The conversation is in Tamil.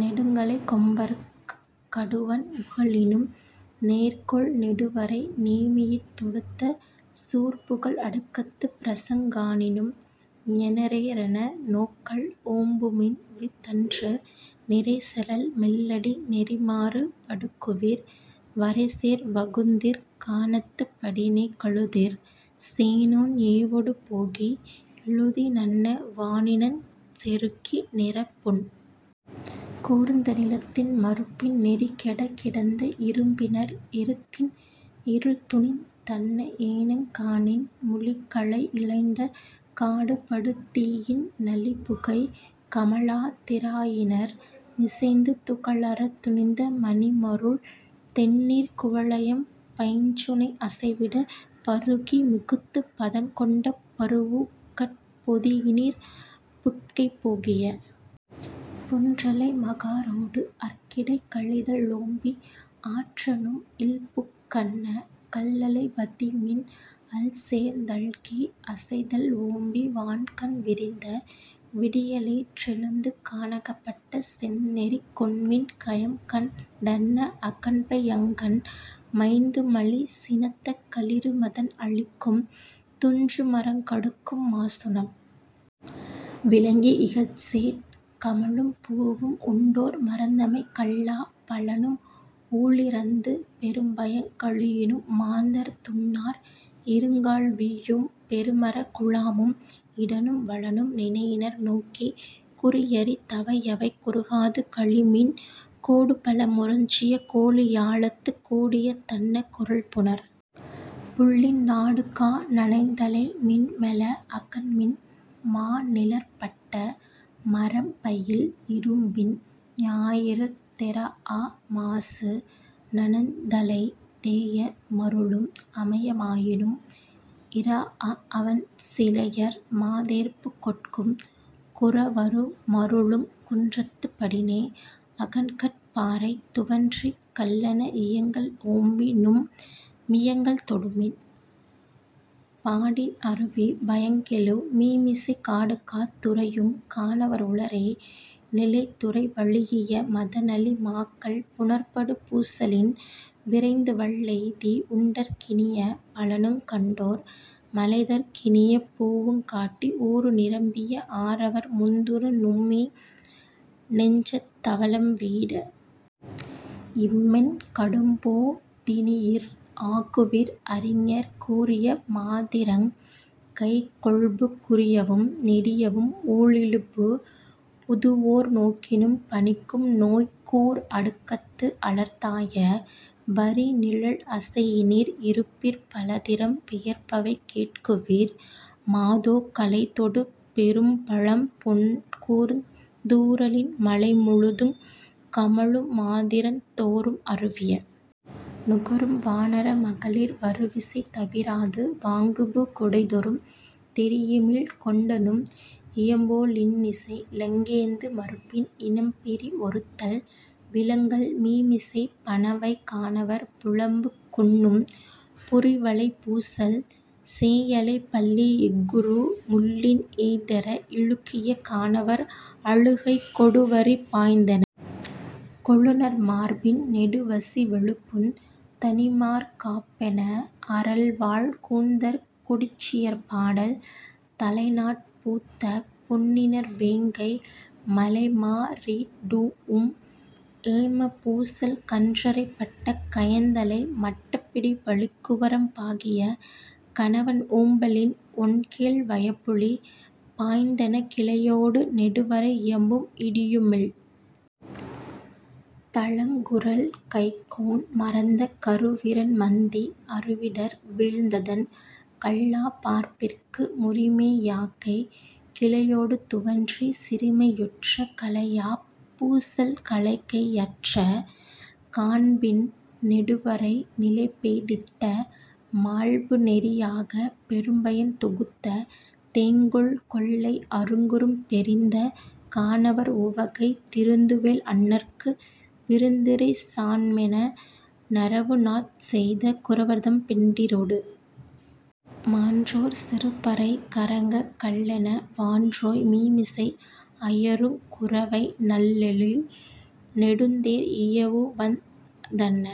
நெடுங்கழைக் கொம்பர்க் கடுவன் உகளினும் நேர்கொள் நெடுவரை நேமியின் தொடுத்த சூர்புகல் அடுக்கத்துப் பிரசங் காணினும் ஞெரேரென நோக்கல் ஓம்புமின் உரித்தன்று நிரைசெலல் மெல்லடி நெறிமாறு படுகுவிர் வரைசேர் வகுந்திற் கானத்துப் படினே கழுதிற் சேணோன் ஏவொடு போகி இழுதி னன்ன வானிணஞ் செருக்கி நிறப்புண் கூர்ந்த நிலந்தின் மருப்பின் நெறிக்கெடக் கிடந்த இரும்பிணர் எருத்தின் இருள்துணிந் தன்ன ஏனங் காணின் முளிகழை இழைந்த காடுபடு தீயின் நளிபுகை கமழா திறாயினிர் மிசைந்து துகளறத் துணிந்த மணிமருள் தெண்ணீர் குவளையம் பைஞ்சுனை அசைவிடப் பருகி மிகுத்துப் பதங்கொண்ட பரூஉக்கட் பொதியினிர் புட்கை போகிய புன்றலை மகாரோடு அற்கிடை கழிதல் ஓம்பி ஆற்றநும் இல்புக் கன்ன கல்லளை வதிமின் அல்சேர்ந் தல்கி அசைதல் ஓம்பி வான்கண் விரிந்த விடிய லேற்றெழுந்து கானகப் பட்ட செந்நெறிக் கொண்மின் கயம்கண் டன்ன அகன்பை யங்கண் மைந்துமலி சினத்த களிறுமதன் அழிக்கும் துஞ்சுமரங் கடுக்கும் மாசுணம் விலங்கி இகந்துசேட் கமழும் பூவும் உண்டோ ர் மறந்தமை கல்லாப் பழனும் ஊழிறந்து பெரும்பயங் கழியினும் மாந்தர் துன்னார் இருங்கால் வீயும் பெருமரக் குழாமும் இடனும் வலனும் நினையினர் நோக்கிக் குறியறிக் தவையவை குறுகாது கழிமின் கோடுபல முரஞ்சிய கோளி யாலத்துக் கூடியத் தன்ன குரல்புணர் புள்ளின் நாடுகா ணனந்தலை மென்மெல அகன்மின் மாநிழற் பட்ட மரம்பயில் இறும்பின் ஞாயிறு தெறாஅ மாசு நனந்தலைத் தேஎ மருளும் அமைய மாயினும் இறாஅவன் சிலையர் மாதேர்பு கொட்கும் குறவரு மருளுங் குன்றத்துப் படினே அகன்கட் பாறை துவன்றிக் கல்லென இயங்கல் ஓம்பிநும் மியங்கள் தொடுமின் பாடின் அருவிப் பயங்கெழு மீமிசைக் காடுகாத் துறையுங் கானவர் உளரே நிலைத்துறை வழீஇய மதனழி மாக்கள் புனற்படு பூசலின் விரைந்துவல் லெய்தி உண்டற் கினிய பழனுங் கண்டோ ர் மலைதற் கினிய பூவுங் காட்டி ஊறு நிரம்பிய ஆறவர் முந்துற நும்மி னெஞ்சத் தவலம் வீட இம்மென் கடும்போ டினியிர் ஆகுவிர் அறிஞர் கூறிய மாதிரங் கைக்கொள்பு குறியவும் நெடியவும் ஊழிழிபு புதுவோர் நோக்கினும் பனிக்கும் நோய்கூர் அடுக்கத்து அலர்தாய வரிநிழல் அசையினிர் இருப்பிற் பலதிறம் பெயர்பவை கேட்குவிர் மாதோ கலைதொடு பெரும்பழம் புண்கூர்ந் தூறலின் மலைமுழுதுங் கமழு மாதிரந் தோறும் அருவிய நுகரும் வானர மகளிர் வருவிசை தவிராது வாங்குபு குடைதொறும் தெரியிமிழ் கொண்டநும் இயம்போ லின்னிசை இலங்கேந்து மருப்பின் இனம்பிரி ஒருத்தல் விலங்கல் மீமிசைப் பணவைக் கானவர் புலம்புக் குண்ணும் புரிவளைப் பூசல் சேயளைப் பள்ளி எஃகுறு முள்ளின் எய்தெற இழுக்கிய கானவர் அழுகை கொடுவரி பாய்ந்தெனக் கொழுநர் மார்பின் நெடுவசி விழுப்புண் தணிமார் காப்பென அறல்வாழ் கூந்தற் கொடிச்சியர் பாடல் தலைநாட் பூத்த பொன்னிணர் வேங்கை மலைமா ரிடூஉம் ஏமப் பூசல் கன்றரைப் பட்ட கயந்தலை மடப்பிடி வலிக்குவரம் பாகிய கணவன் ஓம்பலின் ஒண்கேழ் வயப்புலி பாய்ந்தெனக் கிளையொடு நெடுவரை இயம்பும் இடியுமிழ் தழங்குகுரல் கைக்கோண் மறந்த கருவிரன் மந்தி அருவிடர் வீழ்ந்ததன் கல்லாப் பார்ப்பிற்கு முறிமே யாக்கைக் கிளையொடு துவன்றிச் சிறுமை யுற்ற களையாப் பூசல் கலைகை யற்ற காண்பின் நெடுவரை நிலைபெய் திட்ட மால்புநெறி யாகப் பெரும்பயன் தொகுத்த தேங்கொள் கொள்ளை அருங்குறும் பெறிந்த கானவர் உவகை திருந்துவேல் அண்ணற்கு விருந்திறை சான்மென நறவுநாட் செய்த குறவர்தம் பெண்டிரொடு... மான்றோற் சிறுபறை கறங்கக் கல்லென வான்றோய் மீமிசை அயருங் குரவை நல்லெழி னெடுந்தேர் இயவுவந் தன்ன